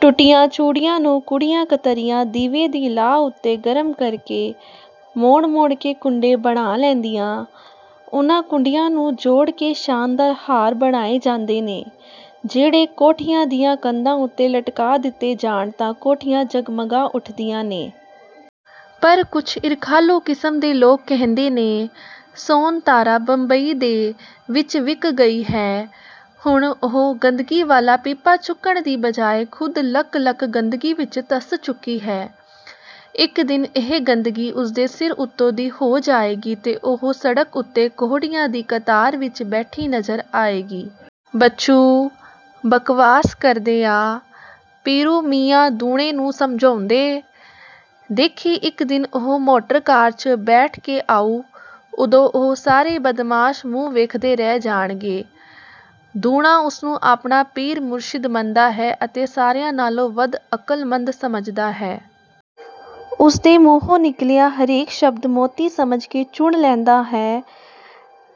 ਟੁੱਟੀਆਂ ਚੂੜੀਆਂ ਨੂੰ ਕੁੜੀਆਂ-ਕਤਰੀਆਂ ਦੀਵੇ ਦੀ ਲਾਅ ਉੱਤੇ ਗਰਮ ਕਰਕੇ, ਮੋੜ-ਮੋੜ ਕੇ ਕੁੰਡੇ ਬਣਾ ਲੈਂਦੀਆਂ। ਉਹਨਾਂ ਕੁੰਡਿਆਂ ਨੂੰ ਜੋੜ ਕੇ ਸ਼ਾਨਦਾਰ ਹਾਰ ਬਣਾਏ ਜਾਂਦੇ ਨੇ, ਜਿਹੜੇ ਕੋਠੀਆਂ ਦੀਆਂ ਕੰਧਾਂ ਉੱਤੇ ਲਟਕਾ ਦਿੱਤੇ ਜਾਣ ਤਾਂ ਕੋਠੀਆਂ ਜਗਮਗਾ ਉੱਠਦੀਆਂ ਨੇ। ਪਰ ਕੁਝ ਈਰਖਾਲੂ ਕਿਸਮ ਦੇ ਲੋਕ ਕਹਿੰਦੇ ਨੇ, ਸੋਨਤਾਰਾ ਬੰਬਈ ਦੇ ਰੰਡੀ-ਬਾਜ਼ਾਰ ਵਿੱਚ ਵਿਕ ਗਈ ਹੈ। ਹੁਣ ਉਹ ਗੰਦਗੀ ਵਾਲਾ ਪੀਪਾ ਚੁੱਕਣ ਦੀ ਬਜਾਏ ਖੁਦ ਲੱਕ-ਲੱਕ ਗੰਦਗੀ ਵਿੱਚ ਧਸ ਚੁੱਕੀ ਹੈ। ਇੱਕ ਦਿਨ ਇਹ ਗੰਦਗੀ ਉਸਦੇ ਸਿਰ ਉੱਤੋਂ ਦੀ ਹੋ ਜਾਏਗੀ ਤੇ ਉਹ ਸੜਕ ਉੱਤੇ ਕੋਹੜੀਆਂ ਦੀ ਕਤਾਰ ਵਿੱਚ ਬੈਠੀ ਨਜ਼ਰ ਆਏਗੀ। "ਬੱਚੂ, ਬਕਵਾਸ ਕਰਦੇ ਆ," ਪੀਰੂ ਮੀਆਂ ਦੂਣੇ ਨੂੰ ਸਮਝਾਉਂਦੇ, "ਦੇਖੀਂ ਇੱਕ ਦਿਨ ਉਹ ਮੋਟਰਕਾਰ 'ਚ ਬੈਠ ਕੇ ਆਊ, ਉਦੋਂ ਉਹ ਸਾਰੇ ਬਦਮਾਸ਼ ਮੂੰਹ ਵੇਖਦੇ ਰਹਿ ਜਾਣਗੇ।" ਦੂਣਾ ਉਸਨੂੰ ਆਪਣਾ ਪੀਰ-ਮੁਰਸ਼ਿਦ ਮੰਨਦਾ ਹੈ ਅਤੇ ਸਾਰਿਆਂ ਨਾਲੋਂ ਵੱਧ ਅਕਲਮੰਦ ਸਮਝਦਾ ਹੈ। ਉਸਦੇ ਮੂੰਹੋਂ ਨਿਕਲਿਆ ਹਰੇਕ ਸ਼ਬਦ ਮੋਤੀ ਸਮਝ ਕੇ ਚੁਣ ਲੈਂਦਾ ਹੈ।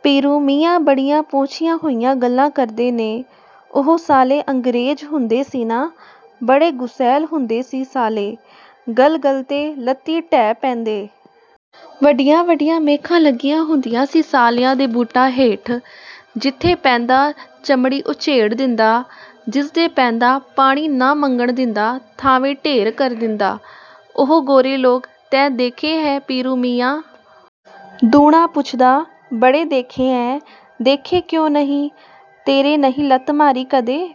ਪੀਰੂ ਮੀਆਂ ਬੜੀਆਂ ਪਹੁੰਚੀਆਂ ਹੋਈਆਂ ਗੱਲਾਂ ਕਰਦੇ ਨੇ"ਉਹ ਸਾਲੇ ਅੰਗਰੇਜ਼ ਹੁੰਦੇ ਸੀ ਨਾ, ਬੜੇ ਗੁਸੈਲ ਹੁੰਦੇ ਸੀ ਸਾਲੇ। ਗੱਲ-ਗੱਲ 'ਤੇ ਲੱਤੀਂ ਡਹਿ ਪੈਂਦੇ। ਵੱਡੀਆਂ-ਵੱਡੀਆਂ ਮੇਖਾਂ ਲੱਗੀਆਂ ਹੁੰਦੀਆਂ ਸੀ ਸਾਲਿਆਂ ਦੇ ਬੂਟਾਂ ਹੇਠ; ਜਿੱਥੇ ਪੈਂਦਾ, ਚਮੜੀ ਉਚੇੜ ਦਿੰਦਾ। ਜਿਸ ਦੇ ਪੈਂਦਾ, ਪਾਣੀ ਨਾ ਮੰਗਣ ਦਿੰਦਾ ਥਾਂਵੇਂ ਢੇਰ ਕਰ ਦਿੰਦਾ।" "ਉਹ ਗੋਰੇ ਲੋਕ ਤੈਂ ਦੇਖੇ ਆ ਪੀਰੂ ਮੀਆਂ?" ਦੂਣਾ ਪੁੱਛਦਾ। "ਬੜੇ ਦੇਖੇ ਐ। ਦੇਖੇ ਕਿਉਂ ਨਹੀਂ।" "ਤੇਰੇ ਨਹੀਂ ਲੱਤ ਮਾਰੀ ਕਦੇ?"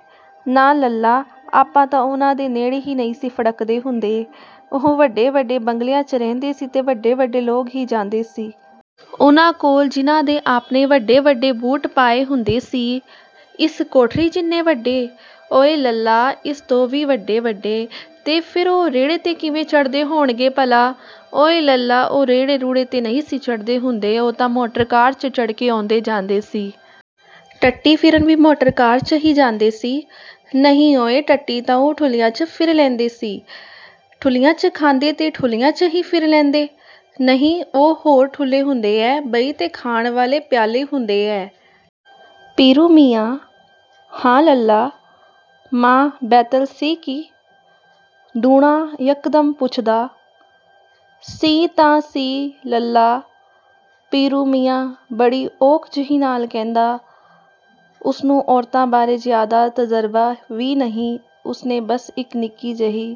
"ਨਾ ਲੱਲਾ, ਆਪਾਂ ਤਾਂ ਉਹਨਾਂ ਦੇ ਨੇੜੇ ਹੀ ਨਹੀਂ ਸੀ ਫੜਕਦੇ ਹੁੰਦੇ! ਉਹ ਵੱਡੇ-ਵੱਡੇ ਬੰਗਲਿਆਂ 'ਚ ਰਹਿੰਦੇ ਸੀ ਤੇ ਵੱਡੇ-ਵੱਡੇ ਲੋਕ ਹੀ ਜਾਂਦੇ ਸੀ। ਉਹਨਾਂ ਕੋਲ ਜਿਹਨਾਂ ਦੇ ਆਪਣੇ ਵੱਡੇ-ਵੱਡੇ ਬੂਟ ਪਾਏ ਹੁੰਦੇ ਸੀ।" "ਇਸ ਕੋਠੜੀ ਜਿੰਨੇ ਵੱਡੇ?" "ਓਏ ਲੱਲਾ, ਇਸ ਤੋਂ ਵੀ ਵੱਡੇ-ਵੱਡੇ।" "ਤੇ ਫਿਰ ਉਹ ਰੇੜ੍ਹੇ 'ਤੇ ਕਿਵੇਂ ਚੜ੍ਹਦੇ ਹੋਣਗੇ ਭਲਾ?" "ਓਇ ਲੱਲਾ, ਉਹ ਰੇੜ੍ਹੇ-ਰੂੜ੍ਹੇ 'ਤੇ ਨਹੀਂ ਸੀ ਚੜ੍ਹਦੇ ਹੁੰਦੇ ਉਹ ਤਾਂ ਮੋਟਰਕਾਰ 'ਚ ਚੜ੍ਹ ਕੇ ਆਉਂਦੇ-ਜਾਂਦੇ ਸੀ।" "ਟੱਟੀ ਫਿਰਨ ਵੀ ਮੋਟਰਕਾਰ 'ਚ ਹੀ ਜਾਂਦੇ ਸੀ?" "ਨਹੀਂ ਓਏ, ਟੱਟੀ ਤਾਂ ਉਹ ਠੁੱਲ੍ਹਿਆਂ 'ਚ ਫਿਰ ਲੈਂਦੇ ਸੀ" "ਠੁੱਲ੍ਹਿਆਂ 'ਚ ਖਾਂਦੇ ਤੇ ਠੁੱਲ੍ਹਿਆਂ 'ਚ ਹੀ ਫਿਰ ਲੈਂਦੇ?" "ਨਹੀਂ ਉਹ ਹੋਰ ਠੁੱਲ੍ਹੇ ਹੁੰਦੇ ਐ ਬਈ ਤੇ ਖਾਣ ਵਾਲੇ ਪਿਆਲੇ ਹੁੰਦੇ ਐ।" "ਪੀਰੂ ਮੀਆਂ?" "ਹਾਂ ਲੱਲਾ।" "ਮਾਂ ਬੈਤਲ ਸੀ ਕਿ?" ਦੂਣਾ ਯੱਕਦਮ ਪੁੱਛਦਾ। "ਸੀ-ਤਾਂ-ਸੀ, ਲੱਲਾ।" ਪੀਰੂ ਮੀਆਂ ਬੜੀ ਔਖ ਜਿਹੀ ਨਾਲ ਕਹਿੰਦਾ। ਉਸਨੂੰ ਔਰਤਾਂ ਬਾਰੇ ਜ਼ਿਆਦਾ ਤਜ਼ਰਬਾ ਵੀ ਨਹੀਂ, ਉਸਨੇ ਬਸ ਇੱਕ ਨਿੱਕੀ ਜਿਹੀ।